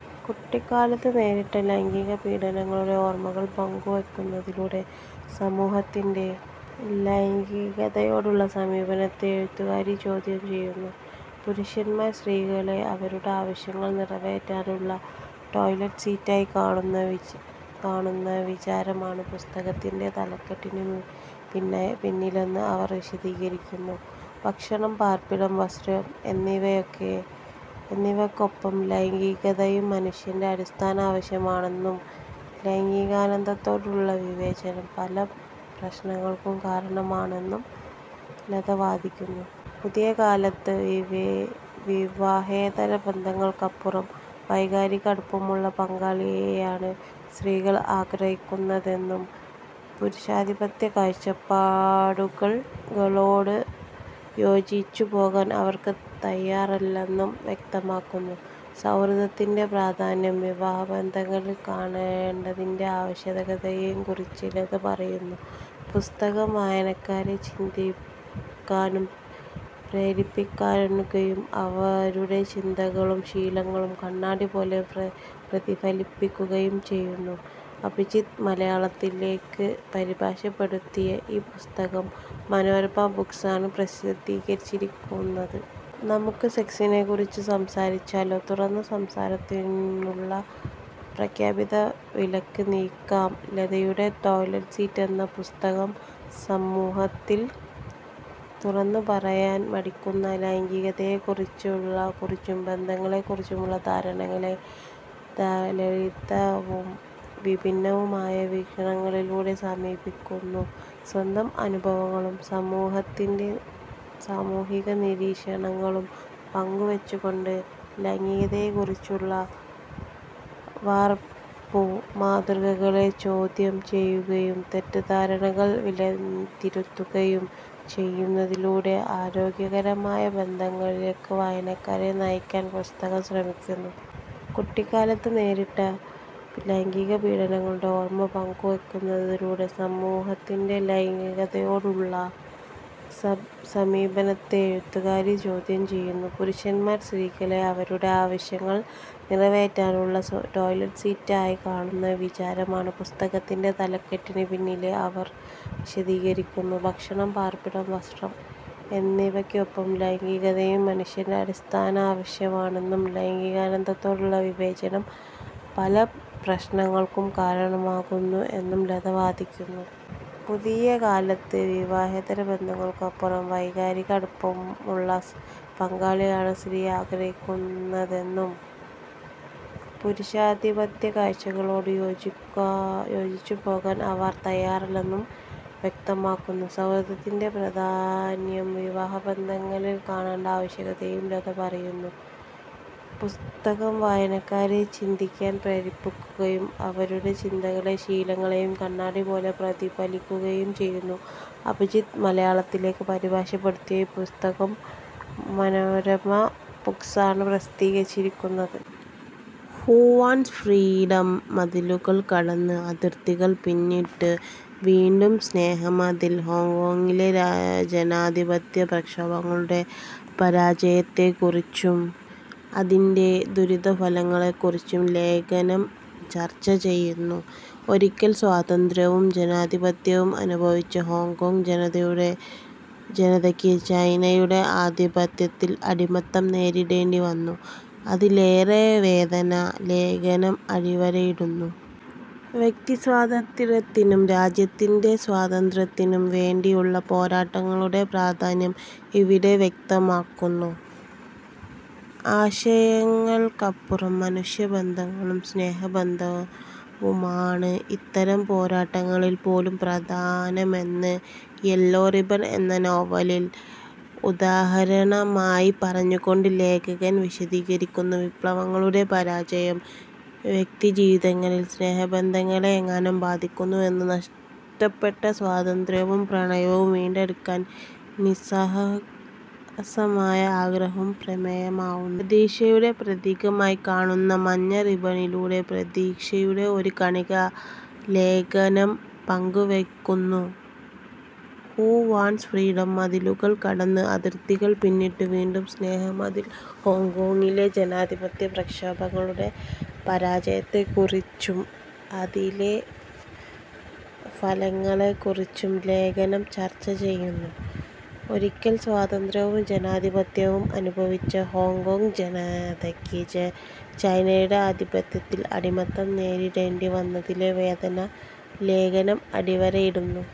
കുട്ടിക്കാലത്ത് നേരിട്ട ലൈംഗികപീഡനങ്ങളുടെ ഓർമ്മകൾ പങ്കുവെക്കുന്നതിലൂടെ സമൂഹത്തിന്റെ ലൈംഗികതയോടുള്ള സമീപനത്തെ എഴുത്തുകാരി ചോദ്യം ചെയ്യുന്നു. പുരുഷന്മാർ സ്ത്രീകളെ അവരുടെ ആവശ്യങ്ങൾ നിറവേറ്റാനുള്ള ടോയ്ലറ്റ് സീറ്റായി കാണുന്ന വിചാരമാണ് പുസ്തകത്തിന്റെ തലക്കെട്ടിന് പിന്നിലെന്ന് അവർ വിശദീകരിക്കുന്നു. ഭക്ഷണം, പാർപ്പിടം, വസ്ത്രം എന്നിവക്കൊപ്പം ലൈംഗികതയും മനുഷ്യന്റെ അടിസ്ഥാന ആവശ്യമാണെന്നും, ലൈംഗികാനന്ദത്തോടുള്ള വിവേചനം പല പ്രശ്നങ്ങൾക്കും കാരണമാകുന്നു എന്നും ലത വാദിക്കുന്നു. പുതിയകാലത്ത് വിവാഹേതര ബന്ധങ്ങൾക്കപ്പുറം വൈകാരിക അടുപ്പമുള്ള പങ്കാളിയെയാണ് സ്ത്രീകൾ ആഗ്രഹിക്കുന്നതെന്നും, പുരുഷാധിപത്യ കാഴ്ചപ്പാടുകളോട് യോജിച്ചുപോകാൻ അവർ തയാറല്ലെന്നും വ്യക്തമാക്കുന്നു. സൗഹൃദത്തിന്റെ പ്രാധാന്യം വിവാഹബന്ധങ്ങളിൽ കാണേണ്ടതിന്റെ ആവശ്യകതയെക്കുറിച്ചും ലത പറയുന്നു. പുസ്തകം വായനക്കാരെ ചിന്തിക്കാൻ പ്രേരിപ്പിക്കുകയും അവരുടെ ചിന്തകളെയും ശീലങ്ങളെയും കണ്ണാടിപോലെ പ്രതിഫലിപ്പിക്കുകയും ചെയ്യുന്നു. അഭിജിത് മലയാളത്തിലേക്ക് പരിഭാഷപ്പെടുത്തിയ ഈ പുസ്തകം മനോരമ ബുക്സ് ആണ് പ്രസിദ്ധീകരിച്ചിരിക്കുന്നത്. നമുക്ക് സെക്സിനെക്കുറിച്ച് സംസാരിച്ചാലോ...; തുറന്ന സംസാരത്തിനുള്ള അപ്രഖ്യാപിത വിലക്ക് നീക്കാം ലതയുടെ 'ടോയ്ലറ്റ് സീറ്റ്' എന്ന പുസ്തകം, സമൂഹത്തിൽ തുറന്നുപറയാൻ മടി കാണിക്കുന്ന ലൈംഗികതയെക്കുറിച്ചും ബന്ധങ്ങളെക്കുറിച്ചുമുള്ള ധാരണകളെ ലളിതവും വിഭിന്നവുമായ വീക്ഷണങ്ങളിലൂടെ സമീപിക്കുന്നു. സ്വന്തം അനുഭവങ്ങളും സാമൂഹിക നിരീക്ഷണങ്ങളും പങ്കുവെച്ചുകൊണ്ട്, ലൈംഗികതയെക്കുറിച്ചുള്ള വാർപ്പുമാതൃകകളെ ചോദ്യം ചെയ്യുകയും തെറ്റിദ്ധാരണകൾ തിരുത്തുകയും ചെയ്യുന്നതിലൂടെ ആരോഗ്യകരമായ ബന്ധങ്ങളിലേക്ക് വായനക്കാരെ നയിക്കാൻ പുസ്തകം ശ്രമിക്കുന്നു. കുട്ടിക്കാലത്ത് നേരിട്ട ലൈംഗികപീഡനങ്ങളുടെ ഓർമ്മകൾ പങ്കുവെക്കുന്നതിലൂടെ സമൂഹത്തിന്റെ ലൈംഗികതയോടുള്ള സമീപനത്തെ എഴുത്തുകാരി ചോദ്യം ചെയ്യുന്നു. പുരുഷന്മാർ സ്ത്രീകളെ അവരുടെ ആവശ്യങ്ങൾ നിറവേറ്റാനുള്ള ടോയ്ലറ്റ് സീറ്റായി കാണുന്ന വിചാരമാണ് പുസ്തകത്തിന്റെ തലക്കെട്ടിന് പിന്നിലെന്ന് അവർ വിശദീകരിക്കുന്നു. ഭക്ഷണം, പാർപ്പിടം, വസ്ത്രം എന്നിവക്കൊപ്പം ലൈംഗികതയും മനുഷ്യന്റെ അടിസ്ഥാന ആവശ്യമാണെന്നും, ലൈംഗികാനന്ദത്തോടുള്ള വിവേചനം പല പ്രശ്നങ്ങൾക്കും കാരണമാകുന്നു എന്നും ലത വാദിക്കുന്നു. പുതിയകാലത്ത് വിവാഹേതര ബന്ധങ്ങൾക്കപ്പുറം വൈകാരിക അടുപ്പമുള്ള പങ്കാളിയെയാണ് സ്ത്രീകൾ ആഗ്രഹിക്കുന്നതെന്നും, പുരുഷാധിപത്യ കാഴ്ചപ്പാടുകളോട് യോജിച്ചുപോകാൻ അവർ തയാറല്ലെന്നും വ്യക്തമാക്കുന്നു. സൗഹൃദത്തിന്റെ പ്രാധാന്യം വിവാഹബന്ധങ്ങളിൽ കാണേണ്ടതിന്റെ ആവശ്യകതയെക്കുറിച്ചും ലത പറയുന്നു. പുസ്തകം വായനക്കാരെ ചിന്തിക്കാൻ പ്രേരിപ്പിക്കുകയും അവരുടെ ചിന്തകളെയും ശീലങ്ങളെയും കണ്ണാടിപോലെ പ്രതിഫലിപ്പിക്കുകയും ചെയ്യുന്നു. അഭിജിത് മലയാളത്തിലേക്ക് പരിഭാഷപ്പെടുത്തിയ ഈ പുസ്തകം മനോരമ ബുക്സ് ആണ് പ്രസിദ്ധീകരിച്ചിരിക്കുന്നത്. ഹു വാണ്ട്സ് ഫ്രീഡം; മതിലുകൾ കടന്ന്, അതിർത്തികൾ പിന്നിട്ട് വീണ്ടും സ്നേഹമതിൽ ഹോങ്കോങ്ങിലെ ജനാധിപത്യ പ്രക്ഷോഭങ്ങളുടെ പരാജയത്തെക്കുറിച്ചും അതിന്റെ ദുരന്ത ഫലങ്ങളെക്കുറിച്ചും ലേഖനം ചർച്ച ചെയ്യുന്നു. ഒരിക്കൽ സ്വാതന്ത്ര്യവും ജനാധിപത്യവും അനുഭവിച്ച ഹോങ്കോംഗ് ജനതയ്ക്ക് ചൈനയുടെ ആധിപത്യത്തിൽ അടിമത്തം നേരിടേണ്ടി വന്നതിലെ വേദന ലേഖനം അടിവരയിടുന്നു. വ്യക്തിസ്വാതന്ത്ര്യത്തിനും രാജ്യത്തിന്റെ സ്വാതന്ത്ര്യത്തിനും വേണ്ടിയുള്ള പോരാട്ടങ്ങളുടെ പ്രാധാന്യം ഇവിടെ വ്യക്തമാക്കുന്നു. ആശയങ്ങൾക്കപ്പുറം മനുഷ്യബന്ധങ്ങളും സ്നേഹവുമാണ് ഇത്തരം പോരാട്ടങ്ങളിൽ പോലും പ്രധാനമെന്ന് യെല്ലോ റിബ്ബൺ എന്ന നോവലിനെ ഉദാഹരണമായി പറഞ്ഞുകൊണ്ട് ലേഖനം വിശദീകരിക്കുന്നു. വിപ്ലവങ്ങളുടെ പരാജയം വ്യക്തിജീവിതത്തിലെ സ്നേഹബന്ധങ്ങളെ എങ്ങനെ ബാധിക്കുന്നു എന്നും, നഷ്ടപ്പെട്ട സ്വാതന്ത്ര്യവും പ്രണയവും വീണ്ടെടുക്കാനുള്ള നിസ്സഹായമായ ആഗ്രഹവും പ്രമേയമാവുന്നു. പ്രതീക്ഷയുടെ പ്രതീകമായി കാണുന്ന മഞ്ഞ റിബ്ബണിലൂടെ പ്രതീക്ഷയുടെ ഒരു കണിക ലേഖനം പങ്കുവെക്കുന്നു. ഹു വാണ്ട്സ് ഫ്രീഡം; മതിലുകൾ കടന്ന്, അതിർത്തികൾ പിന്നിട്ട് വീണ്ടും സ്നേഹമതിൽ ഹോങ്കോങ്ങിലെ ജനാധിപത്യ പ്രക്ഷോഭങ്ങളുടെ പരാജയത്തെക്കുറിച്ചും അതിന്റെ ദുരന്ത ഫലങ്ങളെക്കുറിച്ചും ലേഖനം ചർച്ച ചെയ്യുന്നു. ഒരിക്കൽ സ്വാതന്ത്ര്യവും ജനാധിപത്യവും അനുഭവിച്ച ഹോങ്കോംഗ് ജനതയ്ക്ക് ചൈനയുടെ ആധിപത്യത്തിൽ അടിമത്തം നേരിടേണ്ടി വന്നതിലെ വേദന ലേഖനം അടിവരയിടുന്നു.